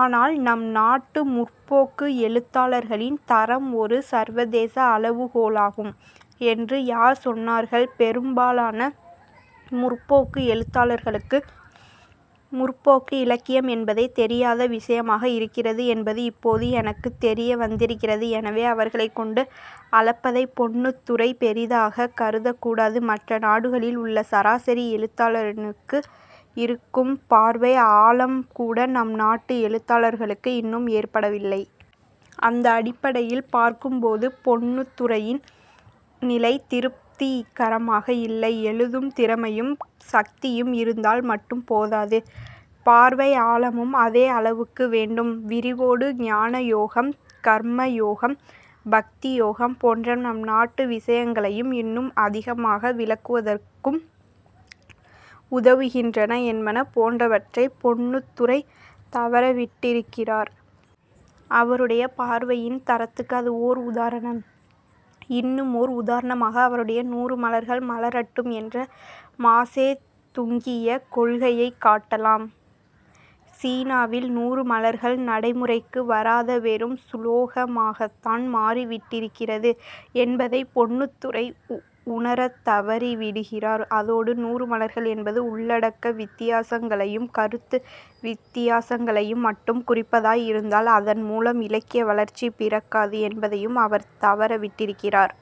ஆனால் நம் நாட்டு 'முற்போக்கு' எழுத்தாளர்களின் தரம் ஒரு சர்வதேச அளவுகோலாகும் என்று யார் சொன்னார்கள் பெரும்பாலான 'முற்போக்கு' எழுத்தாளர்களுக்கு முற்போக்கு இலக்கியம் என்பதே தெரியாத விசயமாக இருக்கிறது என்பது இப்போது எனக்குத் தெரியவந்திருக்கிறது. எனவே, அவர்களைக் கொண்டு அளப்பதைப் பொன்னுத்துரை பெரிதாக கருதக்கூடாது. மற்ற நாடுகளில் உள்ள சராசரி எழுத்தாளனுக்கு இருக்கும் பார்வை ஆழம்கூட நம் நாட்டு எழுத்தாளர்களுக்கு இன்னும் ஏற்படவில்லை. அந்த அடிப்படையில் பார்க்கும்போது பொன்னுத்துரையின் நிலை திருப்திகரமாக இல்லை. எழுதும் திறமையும் சக்தியும் இருந்தால் மட்டும் போதாது. பார்வை ஆழமும் அதே அளவுக்கு வேண்டும். விரிவோடு ஞானயோகம் கர்மயோகம் பக்தியோகம் போன்ற நம் நாட்டு விசயங்களையும் இன்னும் அதிகமாக விளக்குவதற்கும் உதவுகின்றன என்பன போன்றவற்றைப் பொன்னுத்துரை தவறவிட்டிருக்கிறார். அவருடைய பார்வையின் தரத்துக்கு அது ஓர் உதாரணம். இன்னுமோர் உதாரணமாக அவருடைய 'நூறு மலர்கள் மலரட்டும் என்ற மாசே துங்கிய கொள்கையைக் காட்டலாம். சீனாவில் 'நூறு மலர்கள்' நடைமுறைக்கு வராத வெறும் சுலோகமாகத்தான் மாறிவிட்டிருக்கிறது என்பதைப் பொன்னுத்துரை உணரத்தவறிவிடுகிறார். அதோடு 'நூறு மலர்கள்' என்பது உள்ளடக்க வித்தியாசங்களையும் கருத்து வித்தியாசங்களையும் மட்டும் குறிப்பதாய் இருந்தால் அதன்மூலம் இலக்கிய வளர்ச்சி பிறக்காது என்பதையும் அவர் தவறவிட்டிருக்கிறார்.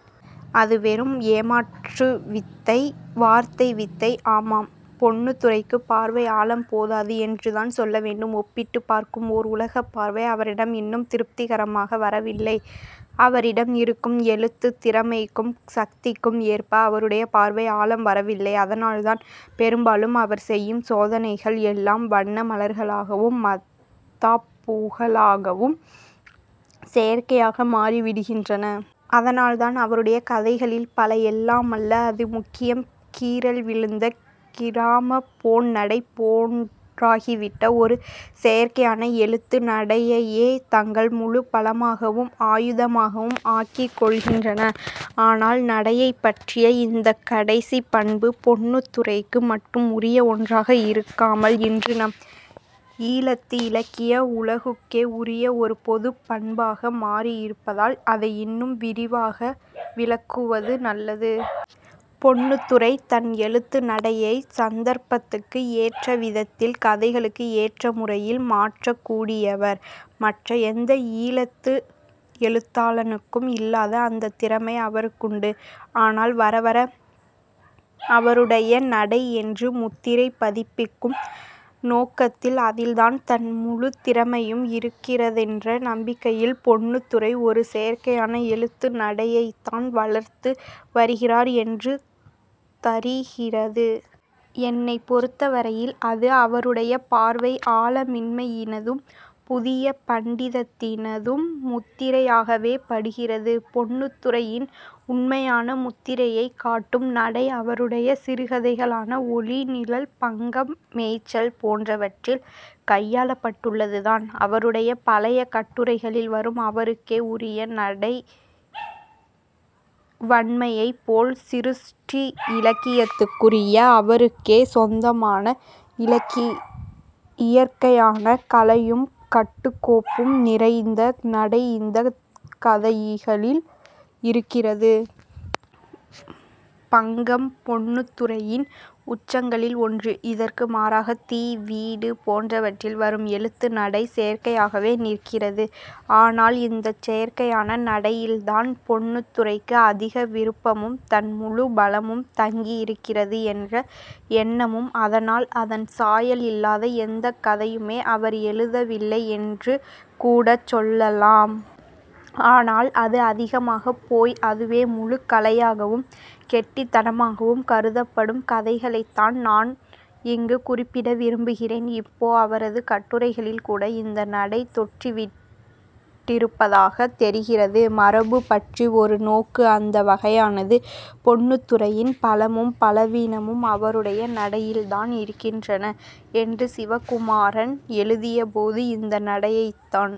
அது வெறும் ஏமாற்றுவித்தை, வார்த்தை வித்தை. ஆமாம் பொன்னுத்துரைக்குப் பார்வை ஆழம் போதாது என்றுதான் சொல்ல வேண்டும். ஒப்பிட்டுப் பார்க்கும் ஓர் உலகப் பார்வை அவரிடம் இன்னும் திருப்திகரமாக வளரவில்லை. அவரிடம் இருக்கும் எழுத்துத் திறமைக்கும் சக்திக்கும் ஏற்ப அவருடைய பார்வை ஆழம் வளரவில்லை. அதனால்தான் பெரும்பாலும் அவர் செய்யும் சோதனைகள் எல்லாம் வண்ணமலர்களாகவும் மத்தாப்புகளாகவும் செயற்கையாக மாறிவிடுகின்றன. அதனால்தான் அவருடைய கதைகளில் பல, எல்லாமல்ல அது முக்கியம் கீறல் விழுந்த கிராமபோன் நடை போன்றாகிவிட்ட ஒரு செயற்கையான எழுத்து நடையையே தங்கள் முழு பலமாகவும் ஆயுதமாகவும் ஆக்கிக்கொள்கின்றன. ஆனால் நடையைப் பற்றிய இந்தக் கடைசிப் பண்பு பொன்னுத்துரைக்கு மட்டும் உரிய ஒன்றாக இருக்காமல் இன்று நம் ஈழத்து இலக்கிய உலகுக்கே உரிய ஒரு பொதுப் பண்பாக மாறியிருப்பதால் அதை இன்னும் விரிவாக விளக்குவது நல்லது. பொன்னுத்துரை தன் எழுத்து நடையைச் சந்தர்ப்பத்துக்கு ஏற்றவிதத்தில் கதைகளுக்கு ஏற்ற முறையில் மாற்றக் கூடியவர். மற்ற எந்த ஈழத்து எழுத்தாளனுக்கும் இல்லாத அந்தத் திறமை அவருக்குண்டு. ஆனால் வர வர அவருடைய நடை என்று முத்திரை பதிப்பிக்கும் நோக்கத்தில், அதில்தான் தன் முழுத் திறமையும் இருக்கிறதென்ற நம்பிக்கையில் பொன்னுத்துரை ஒரு செயற்கையான எழுத்து நடையைத்தான் வளர்த்து வருகிறார் என்று தரிகிறது. என்னைப் பொருத்தவரையில் அது அவருடைய பார்வை ஆழமின்மையினதும் புதிய பண்டிதத்தினதும் முத்திரையாகவே படுகிறது. பொன்னுத்துரையின் உண்மையான முத்திரையைக் காட்டும் நடை, அவருடைய சிறுகதைகளான 'ஒளி', 'நிழல்', 'பங்கம்', 'மேய்ச்சல்' போன்றவற்றில் கையாளப்பட்டுள்ளதுதான். அவருடைய பழைய கட்டுரைகளில் வரும் அவருக்கே உரிய நடைவன்மையைப் போல் சிருஷ்டி இலக்கியத்துக்குரிய அவருக்கே சொந்தமான இயற்கையான கலையும் கட்டுக்கோப்பும் நிறைந்த நடை இந்தக் கதைகளில் இருக்கிறது. 'பங்கம்' பொன்னுத்துரையின் உச்சங்களில் ஒன்று. இதற்கு மாறாக 'தீ' 'வீடு' போன்றவற்றில் வரும் எழுத்து நடை செயற்கையாகவே நிற்கிறது. ஆனால் இந்தச் செயற்கையான நடையில்தான் பொன்னுத்துரைக்கு அதிக விருப்பமும், தன் முழு பலமும் தங்கியிருக்கிறது என்ற எண்ணமும். அதனால் அதன் சாயல் இல்லாத எந்தக் கதையுமே அவர் எழுதவில்லை என்று கூடச் சொல்லலாம். ஆனால் அது அதிகமாகப் போய் அதுவே முழுக் கலையாகவும் கெட்டித்தனமாகவும் கருதப்படும் கதைகளைத்தான் நான் இங்கு குறிப்பிட விரும்புகிறேன். இப்போ அவரது கட்டுரைகளில்கூட இந்த நடை தொற்றிவிட்டிருப்பதாகத் தெரிகிறது. 'மரபுபற்றி ஒரு நோக்கு' அந்த வகையானது. பொன்னுத்துரையின் பலமும் பலவீனமும் அவருடைய நடையில்தான் இருக்கின்றன என்று சிவகுமாரன் எழுதியபோது இந்த நடையைத்தான்